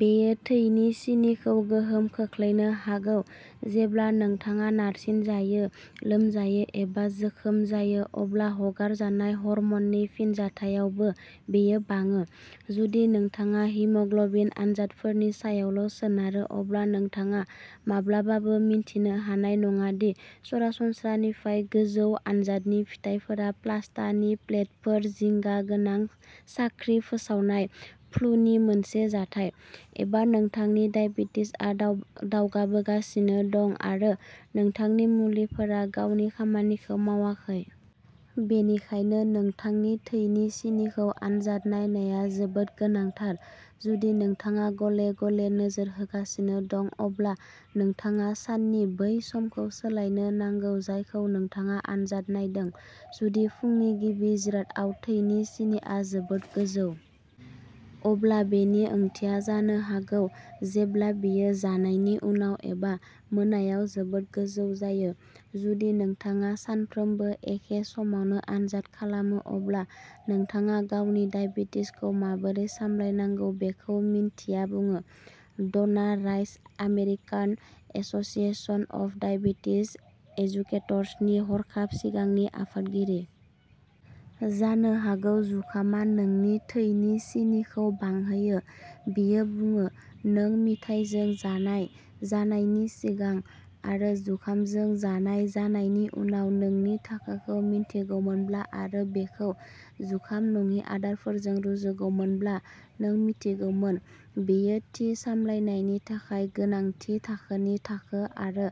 बेयो थैनि सिनिखौ गोहोम खोख्लैनो हागौ। जेब्ला नोंथाङा नारसिनजायो, लोमजायो, एबा जोखोम जायो अब्ला हगारजानाय हर्म'ननि फिनजाथायावबो बेयो बाङो। जुदि नोंथाङा हिम'ग्लबिन आनजादफोरनि सायावल' सोनारो अब्ला नोंथाङा माब्लाबाबो मिन्थिनो हानाय नङा दि सरासनस्रानिफ्राय गोजौ आनजादनि फिथायफोरा प्लास्तानि प्लेटफोर जिंगा गोनां साख्रि फोसावनाय, फ्लुनि मोनसे जाथाय, एबा नोंथांनि दाइबेटिसआ दावगाबोगासिनो दं आरो नोंथांनि मुलिफोरा गावनि खामानिखौ मावाखै। बेनिखायनो नोंथांनि थैनि सिनिखौ आनजाद नायनाया जोबोद गोनांथार। जुदि नोंथाङा गले-गले नोजोर होगासिनो दं अब्ला नोंथाङा साननि बै समखौ सोलायनो नांगौ जायखौ नोंथाङा आनजाद नायदों। जुदि फुंनि गिबि जिरादआव थैनि सिनिआ जोबोद गोजौ। अब्ला बेनि ओंथिया जानो हागौ जेब्ला बेयो जानायनि उनाव एबा मोनायाव जोबोद गोजौ जायो। जुदि नोंथाङा सानफ्रोमबो एखे समावनो आनजाद खालामो अब्ला नोंथाङा गावनि दाइबेटिसखौ माबोरै सामलायनांगौ बेखौ मिन्थिया बुङो। Donna Rice American Association of Diabetes एजुकेटर्सनि हरखाब सिगांनि आफादगिरि। जानो हागौ जुखामा नोंनि थैनि सिनिखौ बांहोयो। बियो बुङो नों मिथाइजों जानाय जानायनि सिगां आरो जुखामजों जानाय जानायनि उनाव नोंनि थाखोखौ मिन्थिगौमोनब्ला आरो बेखौ जुखाम नङि आदारफोरजों रुजुगौमोनब्ला नों मिन्थिगौमोन। बेयो थि सामलायनायनि थाखाय गोनां थि थाखोनि थाखो आरो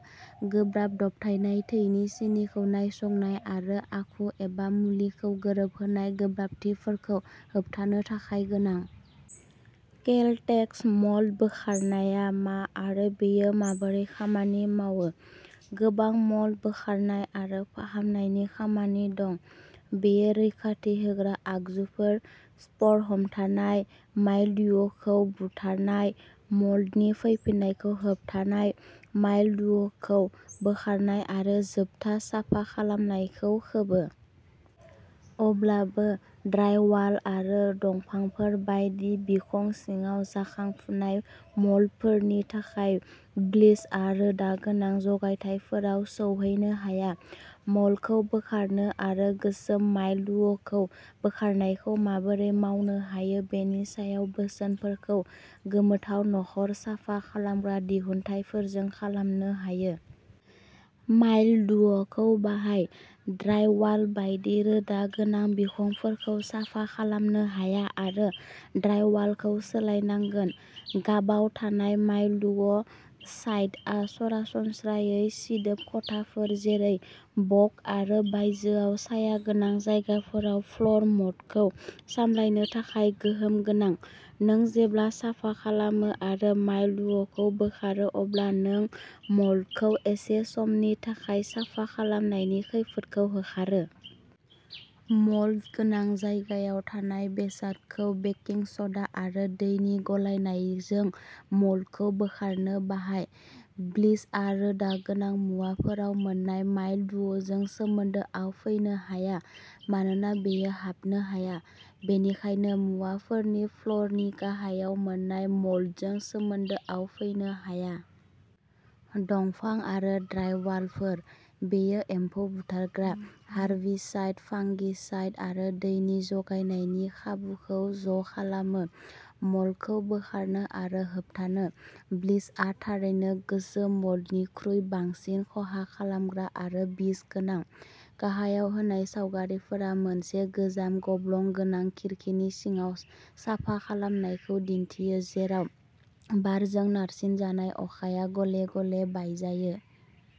गोब्राब दबथायनाय थैनि सिनिखौ नायसंनाय आरो आखु एबा मुलिखौ गोरोबहोनाय गोब्राबथिफोरखौ होबथानो थाखाय गोनां। केलटेक्स मोल्ड बोखारनाया मा आरो बेयो माबोरै खामानि मावो? गोबां मोल्ड बोखारनाय आरो फाहामनायनि खामानि दं। बेयो रैखाथि होग्रा आगजुफोर, स्पर हमथानाय, माइलडयुखौ बुथारनाय, मोल्डनि फैफिन्नायखौ होबथानाय, माइलडयुखौ बोखारनाय आरो जोबथा साफा खालामनायखौ खोबो। अब्लाबो ड्राइवाल आरो दंफांफोर बायदि बिखं सिङाव जाखांफुनाय मोल्डफोरनि थाखाय ब्लिचआ रोदा गोनां जगायथायफोराव सौहैनो हाया। मोल्डखौ बोखारनो आरो गोसोम माइलडयुखौ बोखारनायखौ माबोरै मावनो हायो बेनि सायाव बोसोनफोरखौ गोमोथाव नखर साफा खालामग्रा दिहुनथायफोरजों खालामनो हायो। माइलडयुखौ बाहाय। ड्राइवाल बायदि रोदा गोनां बिखंफोरखौ साफा खालामनो हाया आरो ड्राइवालखौ सोलायनांगोन। गाबाव थानाय माइलडयु साइडआ सरासनस्रायै सिदोब खथाफोर जेरै बग आरो बायजोयाव सायागोनां जायगाफोराव फ्ल'र मोल्डखौ सामलायनो थाखाय गोहोम गोनां। नों जेब्ला साफा खालामो आरो माइलडयुखौ बोखारो अब्ला नों मोल्डखौ एसे समनि थाखाय साफा खालामनायनि खैफोदखौ होखारो। मोल्ड गोनां जायगायाव थानाय बेसादखौ बेकिं स'डा आरो दैनि गलायनायजों मोल्डखौ बोखारनो बाहाय। ब्लिचआ रोदा गोनां मुवाफोराव मोन्नाय माइलडयुजों सोमोन्दोआव फैनो हाया मानोना बेयो हाबनो हाया। बेनिखायनो मुवाफोरनि फ्ल'रनि गाहायाव मोन्नाय मोल्डजों सोमोन्दोआव फैनो हाया। दंफां आरो ड्राइवालफोर। बेयो एम्फौ बुथारग्रा, हार्बिसाइड, फांगिसाइड आरो दैनि ज'जानायनि खाबुखौ ज'खालामो। मोल्डखौ बोखारनो आरो होबथानो। ब्लिचआ थारैनो गोसोम मोल्डनिख्रुइ बांसिन खहा खालामग्रा आरो बिस गोनां। गाहायाव होनाय सावगारिफोरा मोनसे गोजाम गब्लं गोनां खिरखिनि सिङाव साफा खालामनायखौ दिन्थियो जेराव बारजों नारसिनजानाय अखाया गले-गले बायजायो।